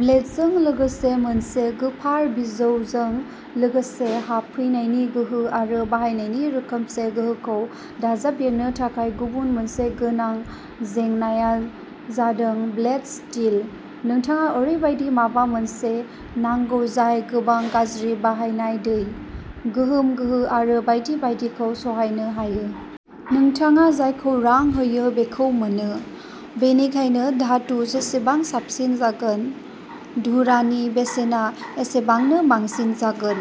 ब्लेडजों लोगोसे मोनसे गोफार बिजौजों लोगोसे हाबफैनायनि गोहो आरो बाहायनायनि रोखोमसे गोहोखौ दाजाबदेरनो थाखाय गुबुन मोनसे गोनां जेंनाया जादों ब्लेड स्टील, नोंथाङा ओरैबायदि माबा मोनसे नांगौ जाय गोबां गाज्रि बाहायनाय दै, गोहोम गोहो आरो बायदि बायदिखौ सहायनो हायो। नोंथाङा जायखौ रां होयो बेखौ मोनो, बेनिखायनो धातुआ जेसेबां साबसिन जागोन, छुरानि बेसेना एसेबांनो बांसिन जागोन।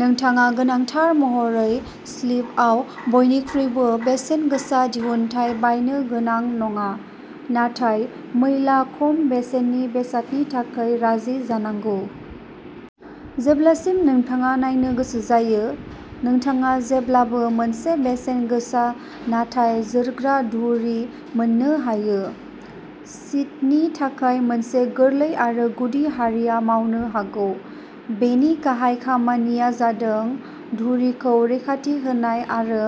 नोंथाङा गोनांथार महरै शेल्फआव बयनिख्रुइबो बेसेनगोसा दिहुनथाय बायनो गोनां नङा, नाथाय मैला खम बेसेननि बेसादनि थाखायबो राजि जानांगौ। जेब्लासिम नोंथाङा नायनो गोसो जायो, नोंथाङा जेब्लाबो मोनसे बेसेनगोसा नाथाय जोरग्रा छुरी मोन्नो हायो। सिथनि थाखाय मोनसे गोरलै आरो गुदि हारिया मावनो हागौ। बेनि गाहाय खामानिया जादों छुरीखौ रैखाथि होनाय आरो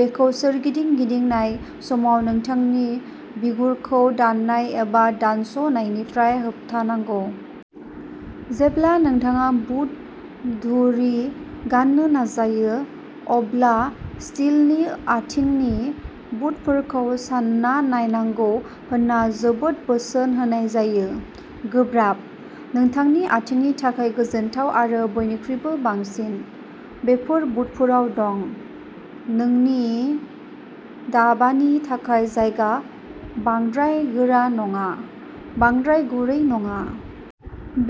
बेखौ सोरगिदिं गिदिंनाय समाव नोंथांनि बिगुरखौ दाननाय एबा दानस' नायनिफ्राय होबथानांगौ। जेब्ला नोंथाङा बुट छुरी गान्नो नाजायो अब्ला स्टीलनि आथिंनि बुटफोरखौ सानना नायनांगौ होनना जोबोद बोसोन होनाय जायो। गोब्राब, नोंथांनि आथिंनि थाखाय गोजोनथाव आरो बयनिख्रुइबो बांसिन, बेफोर बुटफोराव दं। नोंनि दाबानि थाखाय जायगा, बांद्राय गोरा नङा, बांद्राय गुरै नङा।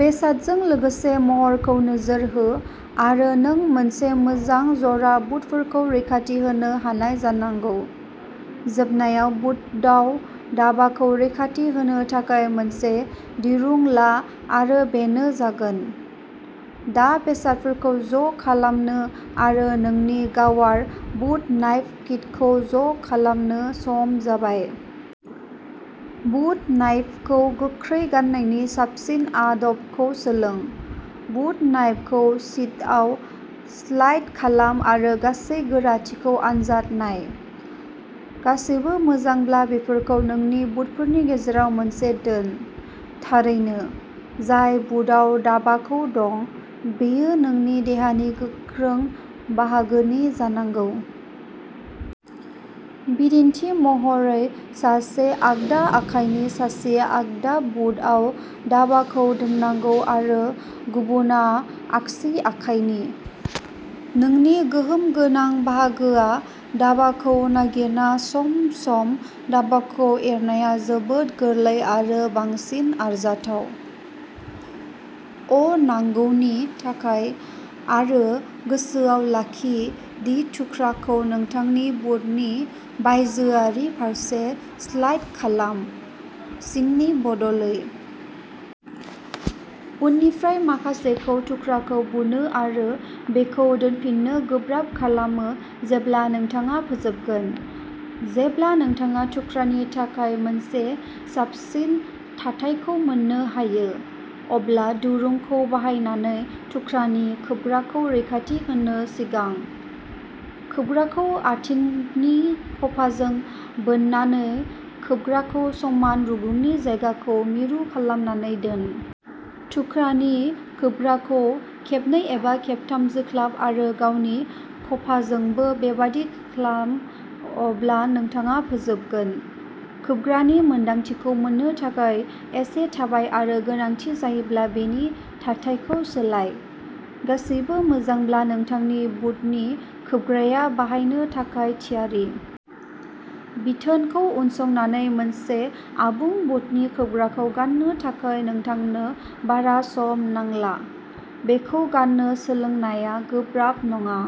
बेसादजों लोगोसे महरखौ नोजोर हो आरो नों मोनसे मोजां जरा बुटफोरखौ रैखाथि होनो हानाय जानांगौ। जोबनायाव बुटआव दाबाखौ रैखाथि होनो थाखाय मोनसे दिरुं ला आरो बेनो जागोन। दा बेसादफोरखौ ज'खालामनो आरो नोंनि गावारि बुट नाइफ किटखौ ज' खालामनो सम जाबाय। बुट नाइफखौ गोख्रै गान्नायनि साबसिन आदबखौ सोलों। बुट नाइफखौ सिथआव स्लाइड खालाम आरो गासै गोराथिखौ आनजाद नाय। गासैबो मोजांब्ला बेफोरखौ नोंनि बुटफोरनि गेजेराव मोनसेआव दोन। थारैनो, जाय बुटआव दाबाखौ दं, बेयो नोंनि देहानि गोख्रों बाहागोनि जानांगौ। बिदिन्थि महरै सासे आगदा आखायनि सासेआ आगदा बुटआव दाबाखौ दोननांगौ आरो गुबुनआ आगसि आखाइनि। नोंनि गोहोम गोनां बाहागोआव दाबाखौ नागिरना सम-सम दाबाखौ एरनाया जोबोद गोरलै आरो बांसिन आरजाथाव। अ नांगौनि थाखाय आरो गोसोआव लाखि दि थुख्राखौ नोंथांनि बुटनि बायजोआरि फारसे स्लाइड खालाम, सिंनि बदलै। उननिफ्रा माखासेखौ थुख्राखौ बुनो आरो बेखौ दोनफिन्नो गोब्राब खालामो जेब्ला नोंथाङा फोजोबगोन। जेब्ला नोंथाङा थुख्रानि थाखाय मोनसे साबसिन थाथायखौ मोन्नो हायो, अब्ला दिरुंखौ बाहायनानै थुख्रानि खोबग्राखौ रैखाथि होनो सिगां। खोबग्राखौ आथिंनि खफाजों बोननानै खोबग्राखौ समान रुगुंनि जायगाखौ मिरु खालामनानै दोन। थुख्रानि खोबग्राखौ खेबनै एबा खेबथाम जोख्लोब आरो गावनि खफाजोंबो बेबादि खालाम अब्ला नोंथाङा फोजोबगोन। खोबग्रानि मोनदांथिखौ मोन्नो थाखाय एसे थाबाय आरो गोनांथि जायोब्ला बेनि थाथायखौ सोलाय। गासैबो मोजांब्ला नोंथांनि बुटनि खोबग्राया बाहायनो थाखाय थियारि। बिथोनखौ उनसंनानै मोनसे आबुं बुटनि खोबग्राखौ गान्नो थाखाय नोंथांनो बारा सम नांला। बेखौ गान्नो सोलोंनाया गोब्राब नङा।